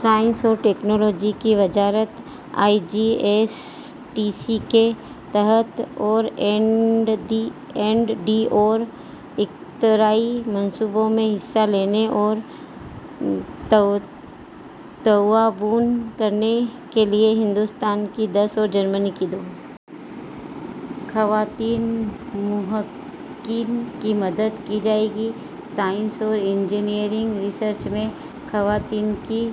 Science اور technology کی وزارت I G S T C کے تحت آر اینڈ ڈی اور اختراعی منصوبوں میں حصہ لینے اور تعاون کرنے کے لیے ہندوستان کی دس اور جرمنی کی دو خواتین محققین کی مدد کی جائے گی ’سائنس اور انجینئرنگ ریسرچ میں خواتین کی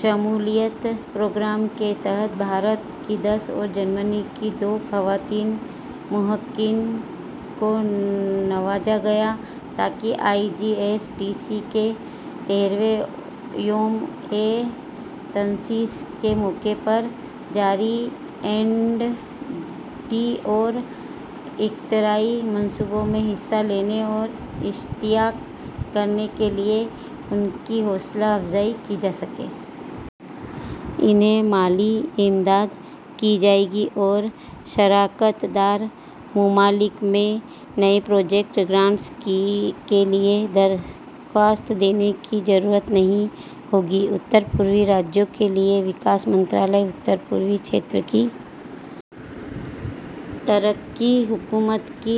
شمولیت‘ پروگرام کے تحت بھارت کی دس اور جرمنی کی دو خواتین محققین کو نوازا گیا، تاکہ I G S T C کے تیرہویں یومِ تاسیس کے موقع پر جاری آر اینڈ ڈی اور اختراعی منصوبوں میں حصہ لینے اور اشتراک کرنے کے لیے ان کی حوصلہ افزائی کی جا سکے۔ انہیں مالی امداد دی جائے گی اور شراکت دار ممالک میں نئے پروجیکٹ گرانٹس کے لیے درخواست دینے کی ضرورت نہیں ہوگی۔ شمال مشرقی ریاستوں کی ترقی کی وزارت شمال مشرقی خطے کی ترقی حکومت کی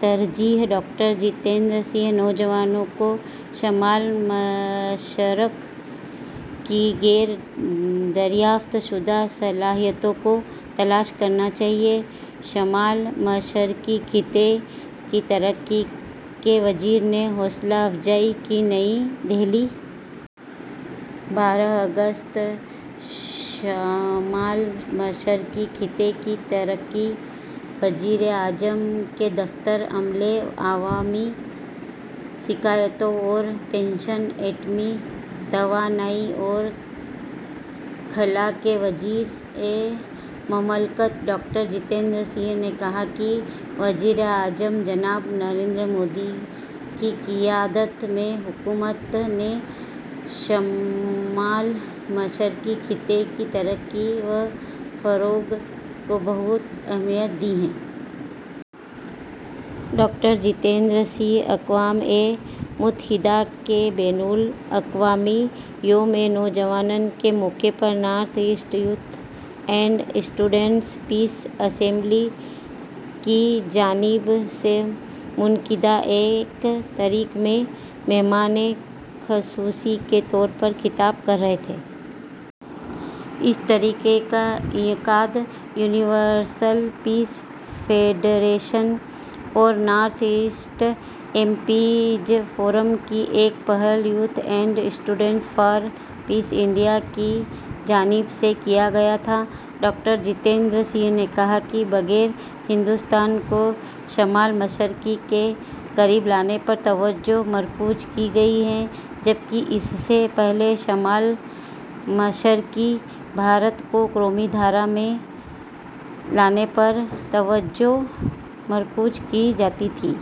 ترجیح: ڈاکٹر جتیندر سنگھ نوجوانوں کو شمال مشرق کی غیر دریافت شدہ صلاحیتوں کو تلاش کرنا چاہیے، شمال مشرقی خطے کی ترقی کے وزیر نے حوصلہ افزائی کی نئی دہلی، بارہ اگست: شمال مشرقی خطے کی ترقی، وزیر اعظم کے دفتر، عملے، عوامی شکایات اور پنشن، ایٹمی توانائی اور خلا کے وزیر مملکت ڈاکٹر جتیندر سنگھ نے کہا ہے کہ وزیر اعظم جناب نریندر مودی کی قیادت میں حکومت نے شمال مشرقی خطے کی ترقی و فروغ کو بہت اہمیت دی ہے۔ ڈاکٹر جتیندر سنگھ اقوامِ متحدہ کے بین الاقوامی یومِ نوجوانان کے موقع پر ’North East Youth and Students Peace Assembly‘ کی جانب سے منعقدہ ایک تقریب میں مہمانِ خصوصی کے طور پر خطاب کر رہے تھے۔ اس تقریب کا انعقاد یونیورسل پیس فیڈریشن اور North East MPs forum کی ایک پہل ’Youth and Students for Peace, India‘ کی جانب سے کیا گیا تھا۔ ڈاکٹر جتیندر سنگھ نے کہا کہ بقیہ ہندوستان کو شمال مشرق کے قریب لانے پر توجہ مرکوز کی گئی ہے، جبکہ اس سے پہلے شمال مشرقی بھارت کو قومی دھارے میں لانے پر توجہ مرکوز کی جاتی تھی۔